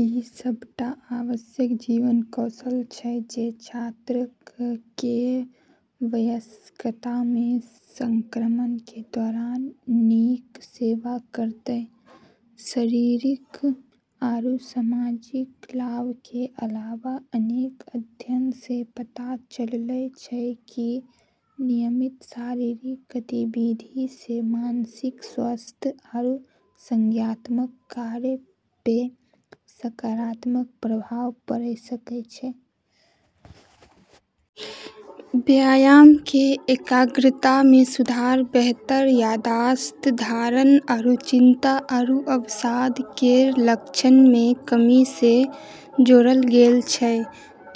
इ सबटा आवश्यक जीवन कौशल छै जे छात्रक कें वयस्कता मे संक्रमण कें दौरान नीक सेवा करतय, शारीरिक आरू सामाजिक लाभ के अलावा, अनेक अध्ययनऽ स॑ पता चललै छै कि नियमित शारीरिक गतिविधि स॑ मानसिक स्वास्थ्य आरू संज्ञानात्मक कार्य प॑ सकारात्मक प्रभाव पड़॑ सकै छै। व्यायाम क॑ एकाग्रता म॑ सुधार, बेहतर याददाश्त धारण आरू चिंता आरू अवसाद केरऽ लक्षण म॑ कमी स॑ जोड़लऽ गेलऽ छै,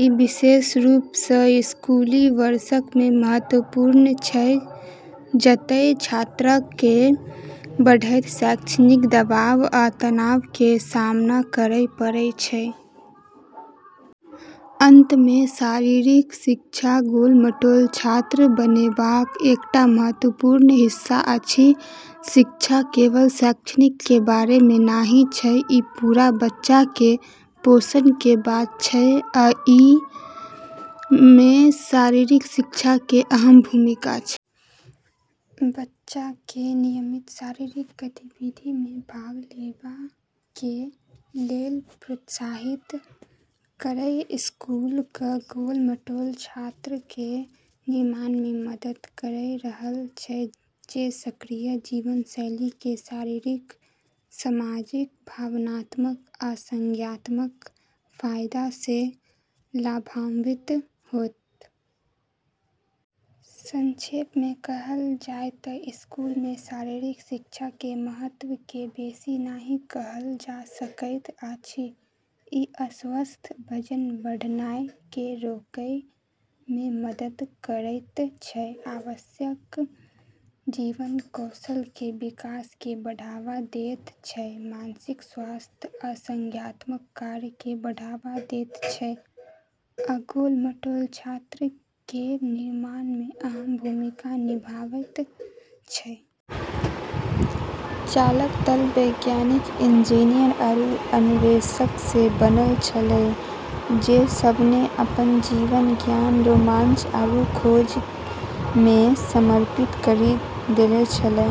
इ विशेष रूप सं स्कूली वर्षक मे महत्वपूर्ण छै, जतय छात्रक कें बढ़ैत शैक्षणिक दबाव आ तनाव कें सामना करय पड़य छै। अंत मे शारीरिक शिक्षा गोल-मटोल छात्र बनेबाक एकटा महत्वपूर्ण हिस्सा अछि, शिक्षा केवल शैक्षणिक कें बारे मे नहि छै इ पूरा बच्चा कें पोषण कें बात छै आ इ मे शारीरिक शिक्षा कें अहम भूमिका छै। बच्चाक कें नियमित शारीरिक गतिविधि मे भाग लेवा कें लेल प्रोत्साहित केर स्कूलक गोल-मटोल छात्रक कें निर्माण मे मदद केर रहल छै जे सक्रिय जीवनशैली कें शारीरिक, सामाजिक, भावनात्मक आ संज्ञानात्मक फायदा सं लाभान्वित होएत। संक्षेप मे कहल जाय त स्कूल मे शारीरिक शिक्षा के महत्व के बेसी नहिं कहल जा सकैत अछि, इ अस्वस्थ वजन बढ़नाय कें रोकएय मे मदद करएयत छै, आवश्यक जीवन कौशल कें विकास कें बढ़ावा देयत छै, मानसिक स्वास्थ्य आ संज्ञानात्मक कार्य कें बढ़ावा देयत छै आ गोल-मटोल छात्रक कें निर्माण मे अहम भूमिका निभायत छै। चालक दल वैज्ञानिक, इंजीनियर आरू अन्वेषकऽ स॑ बनलऽ छेलै जे सब न॑ अपनऽ जीवन ज्ञान, रोमांच आरू खोज म॑ समर्पित करी देल॑ छेलै।